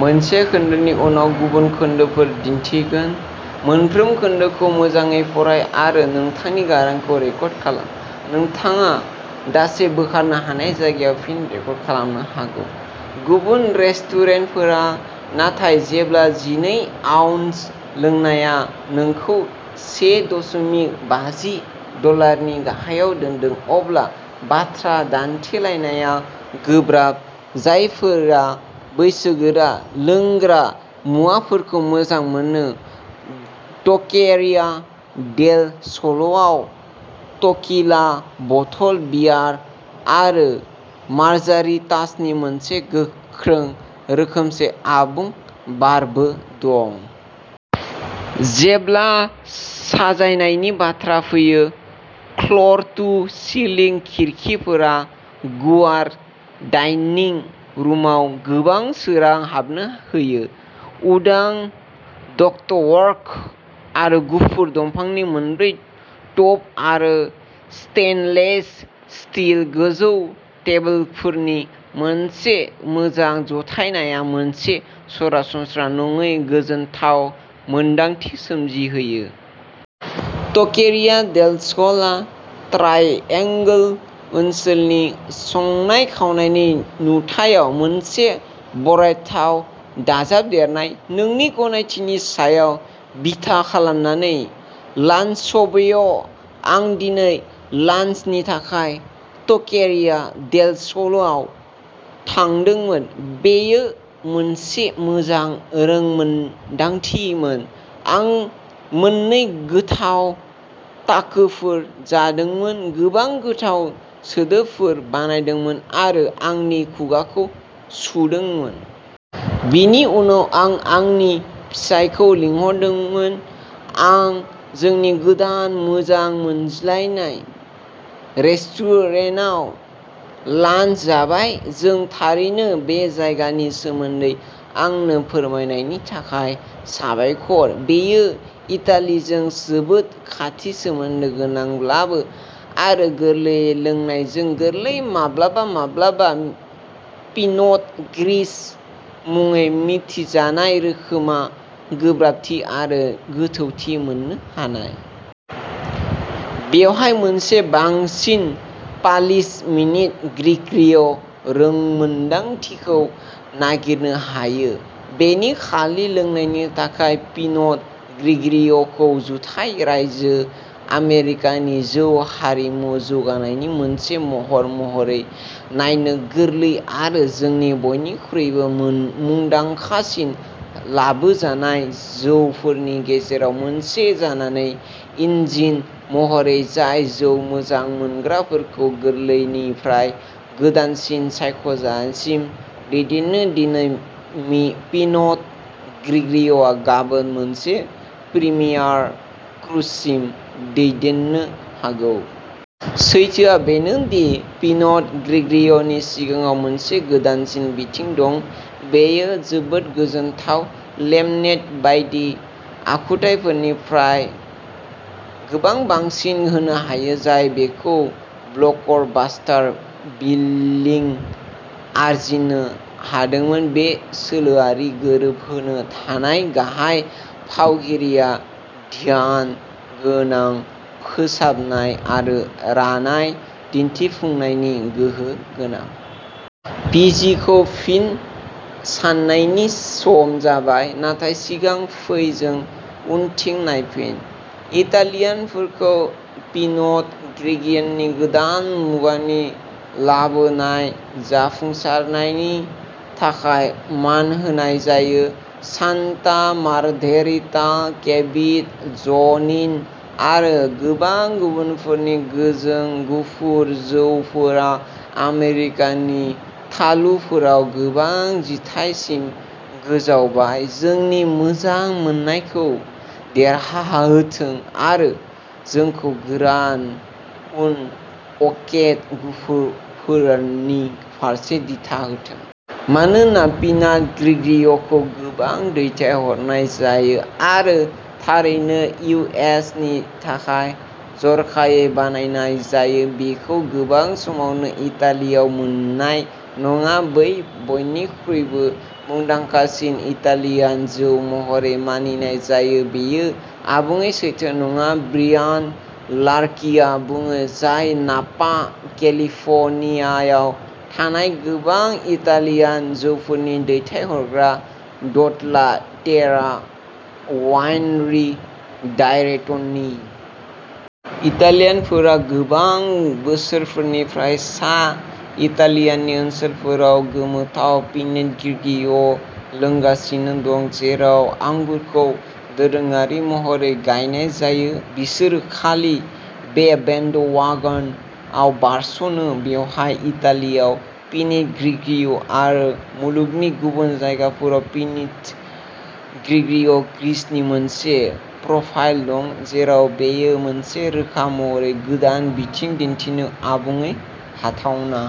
गुबुन रेस्टुरेन्टफोर। नाथाय जेब्ला जिनै आउन्स लोंनाया नोंखौ से दशमिक बाजि डलारनि गाहायाव दोन्दों अब्ला बाथ्रा दान्थेलायनाया गोब्राब। जायफोरा बैसोगोरा लोंग्रा मुवाफोरखौ मोजां मोनो, टकेरिया डेल स'लआव टकीला, बथल बियार आरो मार्जारितासनि मोनसे गोख्रों रोखोमजों आबुं बारबो दं। जेब्ला साजायनायनि बाथ्रा फैयो, 'र टु सिलिं खिरखिफोरा गुवार डाइनिं रुमआव गोबां सोरां हाबनो होयो। उदां डक्टवर्क आरो गुफुर दंफांनि मोनब्रै टप आरो स्टेइनलेस स्टील गोजौ टेबोलफोरनि मोनसे मोजां जथायनाया मोनसे सरासनस्रा नङि गोजोनथाव मोनदांथि सोमजिहोयो। टकेरिया डेल स'लआ ट्राइएंगल ओनसोलनि संनाय-खावनायनि नुथायाव मोनसे बरायथाव दाजाबदेरनाय। नोंनि गनायथिनि सायाव बिथा खालामनानै लान्चब'य, आं दिनै लान्चनि थाखाय टकेरिया डेल स'लआव थांदोंमोन। बेयो मोनसे मोजां रोंमोनदांथिमोन। आं मोननै गोथाव टाकोफोर जादोंमोन, गोबां गोथाव सोदोबफोर बानायदोंमोन आरो आंनि खुगाखौ सुदोंमोन। बेनि उनाव आं आंनि फिसायखौ लिंहरदोंमोन आं जोंनि गोदान मोजां मोनज्लायनाय रेस्टुरेन्टाव लान्च जाबाय। जों थारैनो बे जायगानि सोमोन्दै आंनो फोरमायनायनि थाखाय साबायखर। बेयो इटालिजों जोबोद खाथि सोमोन्दो गोनांब्लाबो, आरो गोरलैयै लोंनायजों गोरलै, माब्लाबा-माब्लाबा पिनट ग्रिस मुङै मिथिजानाय रोखोमआ गोब्राबथि आरो गोथौथि मोननो हानाय। बेवहाय मोनसे बांसिन पालिश पिनट ग्रिगिय' रोंमोन्दांथिखौ नागिरनो हायो। बेनि खालि लोंनायनि थाखाय, पिनट ग्रिगिय'खौ जुथाइ रायजो आमेरिकानि जौ हारिमु जौगानायनि मोनसे महर महरै नायनो गोरलै आरो जोंनि बयनिख्रुइबो मुंदांखासिन लाबोजानाय जौफोरनि गेजेराव मोनसे जानानै, इन्जिन महरै जाय जौ मोजां मोनग्राफोरखौ गोरलैनिफ्राय गोदानसिन सायख'जासिम दैदेनो दिनै पिनट ग्रिगिय'आ गाबोन मोनसे प्रिमियार क्रुसिम दैदेननो हागौ। सैथोआ बेनो दि पिनट ग्रिगिय' नि सिगाङाव मोनसे गोदानसिन बिथिं दं। बेयो जोबोद गोजोनथाव, लेमनेड बायदि आखुथायफोरनिफ्राय गोबां बांसिन होनो हायो जाय बेखौ ब्लकबास्टार बिलिं आर्जिनो हादोंमोन। बे सोलोआरि गोरोबहोनो हानाय गाहाय फावगिरिया ध्यानगोनां, फोसाबनाय आरो रानाय दिन्थिफुंनायनि गोहो गोनां। पि जि खौ फिन साननायनि सम जाबाय। नाथाय सिगां, फै जों उनथिं नायफिन। इटालियानफोरखौ पिनट ग्रिगिय'नि गोदान मुगानि लाबोनाय जाफुंसारनायनि थाखाय मान होनाय जायो। सान्ता मार्घेरिटा, केविट ज'निन आरो गोबां गुबुनफोरनि गोजों गुफुर जौफोरा आमेरिकानि थालुफोराव गोबां जिथाइसिम गोजावबाय, जोंनि मोजां मोननायखौ देरहाहोदों आरो जोंखौ गोरान, अनअकेड गुफुरफोरनि फारसे दिथा होथों मानोना पिनट ग्रिगिय'खौ गोबां दैथायहरनाय जायो आरो थारैनो इउ एस नि थाखाय जर'खायै बानायनाय जायो, बेखौ गोबां समावनो इटालियाव मोन्नाय नङा बै बयनिख्रुइबो मुंदांखासिन इटालियान जौ महरै मानिनाय जायो। बेयो आबुङै सैथो नङा ब्रियान लार्कीआ बुङो, जाय नापा, केलिफ'र्नियायाव थानाय गोबां इटालियान जौफोरनि दैथायहरग्रा, डल्ला टेरा वाइनरी डाइरेक्टनि। इटालियानफोरा गोबां बोसोरफोरनिफ्राय सा इटालियानि ओनसोलफोराव गोमोथाव पिनिट ग्रिगिय' लोंगासिनो दं, जेराव आंगुरखौ दोरोङारि महरै गायनाय जायो। बिसोरो खालि बे बेन्डवागनआव बारस'नो। बेवहाय इटालियाव पिनिट ग्रिगिय' आरो मुलुगनि गुबुन जायगाफोराव पिनिट ग्रिगिय' ग्रिसनि मोनसे प्रफाइल दं, जेराव बेयो मोनसे रोखा महरै गोदान बिथिं दिन्थिनो आबुङै हाथावना।